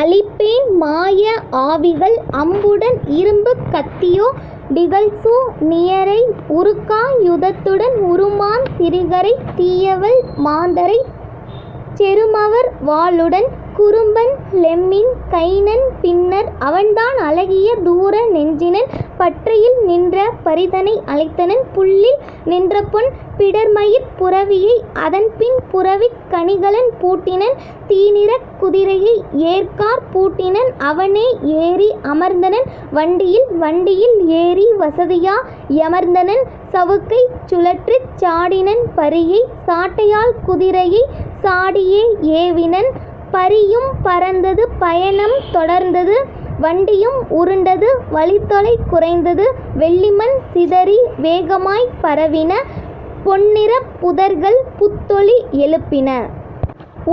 அழிப்பேன் மாய ஆவிகள் அம்புடன் இரும்புக் கத்தியோ டிகல்சூ னியரை உருக்கா யுதத்துடன் உறுமாந் திரிகரை தீயவல் மாந்தரைச் செறுமவர் வாளுடன்! " குறும்பன் லெம்மின் கைனன் பின்னர் அவன்தான் அழகிய தூர நெஞ்சினன் பற்றையில் நின்ற பரிதனை அழைத்தனன் புல்லில் நின்றபொன் பிடர்மயிர்ப் புரவியை அதன்பின் புரவிக் கணிகலன் பூட்டினன் தீநிறக் குதிரையை ஏர்க்காற் பூட்டினன் அவனே ஏறி அமர்ந்தனன் வண்டியில் வண்டியில் ஏறி வசதியா யமர்ந்தனன் சவுக்கைச் சுழற்றிச் சாடினன் பரியை சாட்டையால் குதிரையை சாடியே ஏவினன்; பரியும் பறந்தது பயணம் தொடர்ந்தது வண்டியும் உருண்டது வழித்தொலை குறைந்தது வெள்ளிமண் சிதறி வேகமாய்ப் பரவின பொன்னிறப் புதர்கள் புத்தொலி யெழுப்பின.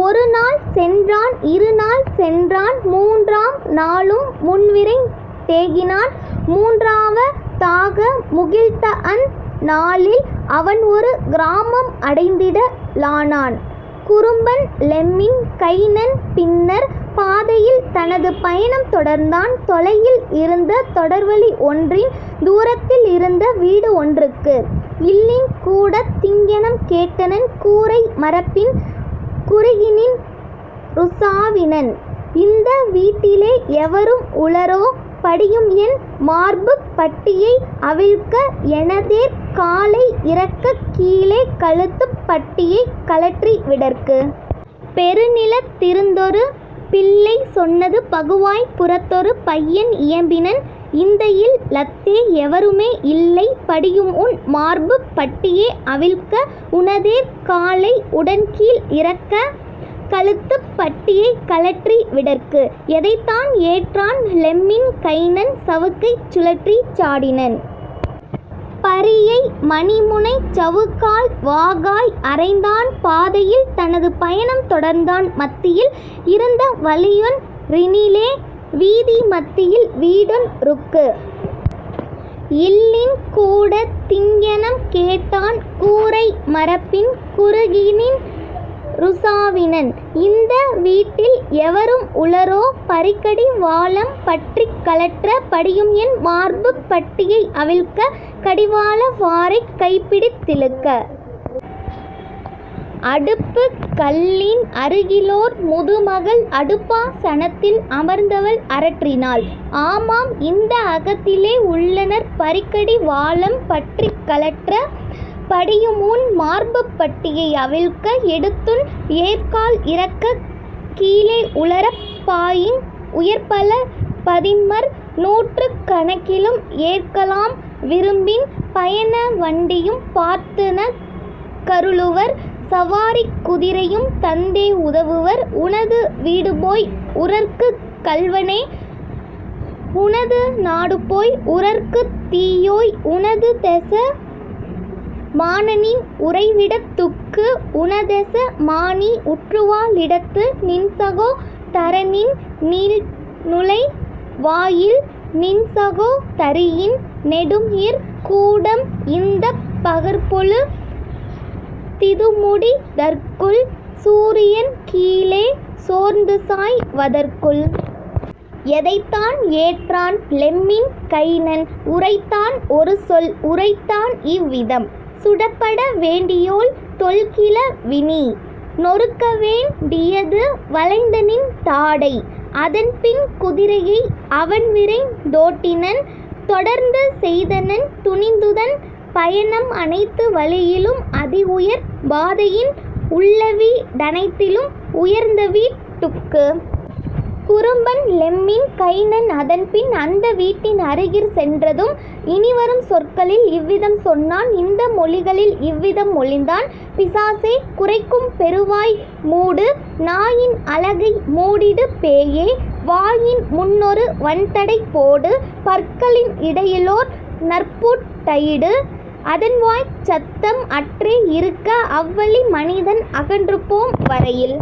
ஒருநாள் சென்றான் இருநாள் சென்றான் மூன்றாம் நாளும் முன்விரைந் தேகினான் மூன்றாவ தாக முகிழ்த்தஅந் நாளில் அவன்ஒரு கிராமம் அடைந்திட லானான். குறும்பன் லெம்மின் கைனன் பின்னர் பாதையில் தனது பயணம் தொடர்ந்தான் தொலையில் இருந்த தொடர்வழி ஒன்றின் தூரத்தில் இருந்த வீடு ஒன்றுக்கு; இல்லின் கூடத் திங்ஙனம் கேட்டனன் கூரை மரப்பின் குறுகிநின் றுசாவினன்: "இந்த வீட்டிலே எவரும் உளரோ படியும்என் மார்புப் பட்டியை அவிழ்க்க எனதேர்க் காலை இறக்கக் கீழே கழுத்துப் பட்டியைக் கழற்றி விடற்கு? " பெருநிலத் திருந்தொரு பிள்ளை சொன்னது பகுவாய்ப் புறத்தொரு பையன் இயம்பினன்: "இந்தஇல் லத்தே எவருமே இல்லை படியும்உன் மார்புப் பட்டியே அவிழ்க்க உனதேர்க் காலை உடன்கீழ் இறக்க கழுத்துப் பட்டியைக் கழற்றி விடற்கு. " எதைத்தான் ஏற்றான் லெம்மின் கைனன் சவுக்கைச் சுழற்றிச் சாடினன் பரியை மணிமுனைச் சவுக்கால் வாகாய் அறைந்தான் பாதையில் தனது பயணம் தொடர்ந்தான் மத்தியில் இருந்த வழியொன் றினிலே வீதி மத்தியில் வீடொன் றுக்கு; இல்லின் கூடத் திங்ஙனம் கேட்டான் கூரை மரப்பின் குறுகிநின் றுசாவினன்: "இந்த வீட்டில் எவரும் உளரோ பரிக்கடி வாளம் பற்றிக் கழற்ற படியும்என் மார்புப் பட்டியை அவிழ்க்க கடிவாள வாரைக் கைப்பிடித் திழுக்க? " அடுப்புக் கல்லின் அருகிலோர் முதுமகள் அடுப்பா சனத்தில் அமர்ந்தவள் அரற்றினாள்: "ஆமாம், இந்த அகத்திலே உள்ளனர் பரிக்கடி வாளம் பற்றிக் கழற்ற படியும்உன் மார்புப் பட்டியை அவிழ்க்க எடுத்துன் ஏர்க்கால் இறக்கக் கீழே உளரப் பாஇங் உயர்பல பதின்மர் நூற்றுக் கணக்கிலும் ஏற்கலாம் விரும்பின் பயண வண்டியும் பார்த்துனக் கருளுவர் சவாரிக் குதிரையும் தந்தே உதவுவர் உனது வீடுபோய் உறற்குக் கள்வனே உனது நாடுபோய் உறற்குத் தீயோய் உனதுதெச மானனின் உறைவிடத் துக்கு உனதெச மானி உற்றுவா ழிடத்து நின்சகோ தரனின் நீள்நுழை வாயில் நின்சகோ தரியின் நெடும்இற் கூடம் இந்தப் பகற்பொழு திதுமுடி தற்குள் சூரியன் கீழே சோர்ந்துசாய் வதற்குள். " எதைத்தான் ஏற்றான் லெம்மின் கைனன் உரைத்தான் ஒருசொல் உரைத்தான் இவ்விதம்: "சுடப்பட வேண்டியோள், தொல்கிழ விநீ! நொருக்கவேண் டியது வளைந்தநின் தாடை. " அதன்பின் குதிரையை அவன்விரைந் தோட்டினன் தொடர்ந்து செய்தனன் துணிந்துதன் பயணம் அனைத்து வழியிலும் அதிஉயர் பாதையின் உள்ளவீ டனைத்திலும் உயர்ந்தவீட் டுக்கு. குறும்பன் லெம்மின் கைனன் அதன்பின் அந்த வீட்டின் அருகிற் சென்றதும் இனிவரும் சொற்களில் இவ்விதம் சொன்னான் இந்த மொழிகளில் இவ்விதம் மொழிந்தான்: "பிசாசே, குரைக்கும் பெருவாய் மூடு! நாயின் அலகை மூடிடு பேயே! வாயின் முன்னொரு வன்தடை போடு பற்களின் இடையிலோர் நற்பூட் டையிடு அதன்வாய்ச் சத்தம் அற்றே இருக்க அவ்வழி மனிதன் அகன்றுபோம் வரையில்.